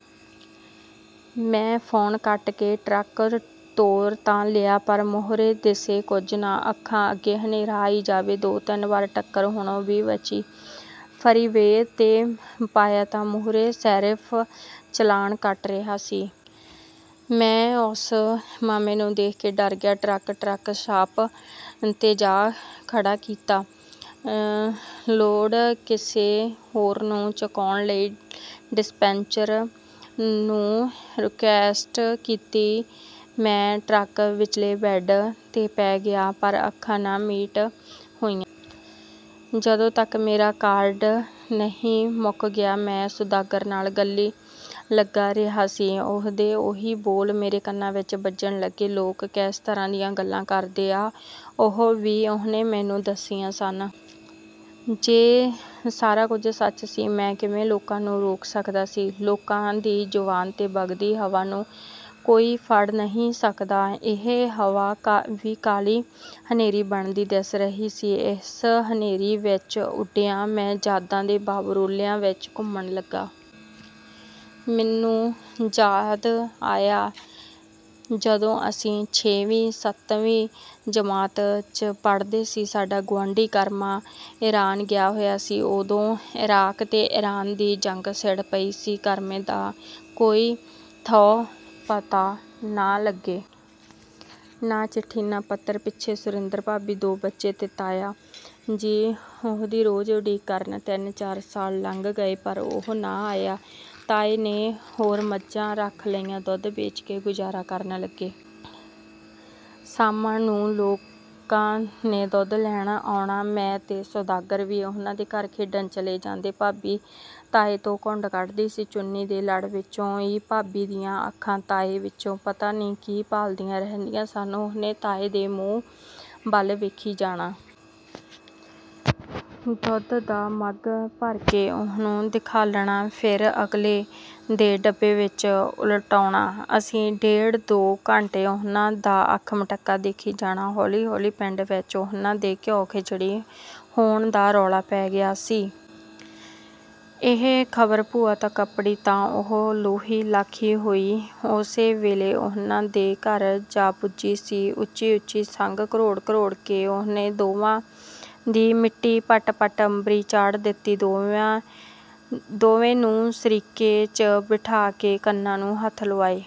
" ਮੈਂ ਫੋਨ ਕੱਟ ਕੇ ਟਰੱਕ ਤੋਰ ਤਾਂ ਲਿਆ ਪਰ ਮੋਹਰੇ ਦਿਸੇ ਕੁਝ ਨਾ। ਅੱਖਾਂ ਅੱਗੇ ਹਨੇਰਾ ਆਈ ਜਾਵੇ। ਦੋ-ਤਿੰਨ ਵਾਰ ਟੱਕਰ ਹੋਣੋਂ ਵੀ ਬਚੀ। ਫਰੀਵੇਅ 'ਤੇ ਪਾਇਆ ਤਾਂ ਮੂਹਰੇ ਸ਼ੈਰਿਫ਼ ਚਲਾਣ ਕੱਟ ਰਿਹਾ ਸੀ। ਮੈਂ ਉਸ 'ਮਾਮੇ' ਨੂੰ ਦੇਖ ਕੇ ਡਰ ਗਿਆ। ਟਰੱਕ, ਟਰੱਕ ਸ਼ਾਪ 'ਤੇ ਜਾ ਖੜ੍ਹਾ ਕੀਤਾ। ਲੋਡ ਕਿਸੇ ਹੋਰ ਨੂੰ ਚੁਕਾਉਣ ਲਈ ਡੈਸਪੈਚਰ ਨੂੰ ਰੀਕੁਐਸਟ ਕੀਤੀ। ਮੈਂ ਟਰੱਕ ਵਿਚਲੇ ਬੈਂਡ 'ਤੇ ਪੈ ਗਿਆ। ਪਰ ਅੱਖਾਂ ਨਾ ਮੀਟ ਹੋਈਆਂ। ਜਦੋਂ ਤੱਕ ਮੇਰਾ ਕਾਰਡ ਨਹੀਂ ਮੁੱਕ ਗਿਆ, ਮੈਂ ਸੁਦਾਗਰ ਨਾਲ਼ ਗੱਲੀਂ ਲੱਗਾ ਰਿਹਾ ਸੀ। ਉਹਦੇ ਉਹੀ ਬੋਲ ਮੇਰੇ ਕੰਨਾਂ ਵਿੱਚ ਵੱਜਣ ਲੱਗੇ। ਲੋਕ ਕਿਸ ਤਰ੍ਹਾਂ ਦੀਆਂ ਗੱਲਾਂ ਕਰਦੇ ਆ। ਉਹ ਵੀ ਉਹਨੇ ਮੈਨੂੰ ਦੱਸੀਆਂ ਸਨ। ਜੇ ਸਾਰਾ ਕੁਝ ਸੱਚ ਸੀ, ਮੈਂ ਕਿਵੇਂ ਲੋਕਾਂ ਨੂੰ ਰੋਕ ਸਕਦਾ ਸੀ? ਲੋਕਾਂ ਦੀ ਜ਼ੁਬਾਨ ਤੇ ਵਗਦੀ ਹਵਾ ਨੂੰ ਕੋਈ ਫੜ ਨਹੀਂ ਸਕਦਾ। ਇਹ ਹਵਾ ਵੀ ਕਾਲ਼ੀ ਹਨੇਰੀ ਬਣਦੀ ਦਿਸ ਰਹੀ ਸੀ। ਇਸ ਹਨੇਰੀ ਵਿੱਚ ਉੱਡਿਆ, ਮੈਂ ਯਾਦਾਂ ਦੇ ਵਾਵਰੋਲ਼ਿਆਂ ਵਿੱਚ ਘੁੰਮਣ ਲੱਗਾ। ਮੈਨੂੰ ਯਾਦ ਆਇਆ ਜਦੋਂ ਅਸੀਂ ਛੇਵੀਂ-ਸੱਤਵੀਂ ਜਮਾਤ 'ਚ ਪੜ੍ਹਦੇ ਸੀ, ਸਾਡਾ ਗੁਆਂਢੀ ਕਰਮਾ ਇਰਾਨ ਗਿਆ ਹੋਇਆ ਸੀ। ਉਦੋਂ ਇਰਾਕ ਤੇ ਇਰਾਨ ਦੀ ਜੰਗ ਛਿੜ ਪਈ ਸੀ। ਕਰਮੇ ਦਾ ਕੋਈ ਥਹੁ ਪਤਾ ਨਾ ਲੱਗੇ। ਨਾ ਚਿੱਠੀ ਨਾ ਪੱਤਰ. ਪਿੱਛੇ ਸੁਰਿੰਦਰ ਭਾਬੀ, ਦੋ ਬੱਚੇ ਤੇ ਤਾਇਆ ਜੀ ਉਹਦੀ ਰੋਜ਼ ਉਡੀਕ ਕਰਨ। ਤਿੰਨ-ਚਾਰ ਸਾਲ ਲੰਘ ਗਏ ਪਰ ਉਹ ਨਾ ਆਇਆ। ਤਾਏ ਨੇ ਹੋਰ ਮੱਝਾਂ ਰੱਖ ਲਈਆਂ। ਦੁੱਧ ਵੇਚ ਕੇ ਗੁਜ਼ਾਰਾ ਕਰਨ ਲੱਗੇ। ਸ਼ਾਮਾਂ ਨੂੰ ਲੋਕਾਂ ਨੇ ਦੁੱਧ ਲੈਣ ਆਉਣਾ। ਮੈਂ ਤੇ ਸੁਦਾਗਰ ਵੀ ਉਹਨਾਂ ਦੇ ਘਰ ਖੇਡਣ ਚਲੇ ਜਾਂਦੇ। ਭਾਬੀ ਤਾਏ ਤੋਂ ਘੁੰਡ ਕੱਢਦੀ ਸੀ। ਚੁੰਨੀਂ ਦੇ ਲੜ ਵਿੱਚੋਂ ਈ ਭਾਬੀ ਦੀਆਂ ਅੱਖਾਂ ਤਾਏ ਵਿੱਚੋਂ ਪਤਾ ਨ੍ਹੀਂ ਕੀ ਭਾਲ਼ਦੀਆਂ ਰਹਿੰਦੀਆਂ ਸਨ, ਉਹਨੇ ਤਾਏ ਦੇ ਮੂੰਹ ਵੱਲ ਵੇਖੀ ਜਾਣਾ। ਦੁੱਧ ਦਾ ਮਘ ਭਰ ਕੇ ਉਹਨੂੰ ਦਿਖਾਲਣਾ। ਫਿਰ ਅਗਲੇ ਦੇ ਡੱਬੇ ਵਿੱਚ ਉਲਟਾਉਣਾ। ਅਸੀਂ ਡੇਢ ਦੋ ਘੰਟੇ ਉਹਨਾਂ ਦਾ ਅੱਖ ਮਟਕਾ ਦੇਖੀ ਜਾਣਾਂ। ਹੌਲ਼ੀ-ਹੌਲ਼ੀ ਪਿੰਡ ਵਿੱਚ ਉਨ੍ਹਾਂ ਦੇ ਘਿਓ-ਖਿਚੜੀ ਹੋਣ ਦਾ ਰੌਲ਼ਾ ਪੈ ਗਿਆ ਸੀ। ਇਹ ਖ਼ਬਰ ਭੂਆ ਤੱਕ ਅੱਪੜੀ ਤਾਂ ਉਹ ਲੋਹੀ ਲਾਖੀ ਹੋਈ, ਉਸੇ ਵੇਲ਼ੇ ਉਨ੍ਹਾਂ ਦੇ ਘਰ ਜਾ ਪੁੱਜੀ ਸੀ। ਉੱਚੀ-ਉੱਚੀ ਸੰਘ ਘਰੋੜ-ਘਰੋੜ ਕੇ ਉਹਨੇ ਦੋਵਾਂ ਦੀ ਮਿੱਟੀ ਪੱਟ-ਪੱਟ ਅੰਬਰੀਂ ਚਾੜ੍ਹ ਦਿੱਤੀ। ਦੋਵੇਂ ਨੂੰ ਸ਼ਰੀਕੇ 'ਚ ਬਿਠਾ ਕੇ ਕੰਨਾਂ ਨੂੰ ਹੱਥ ਲੁਆਏ।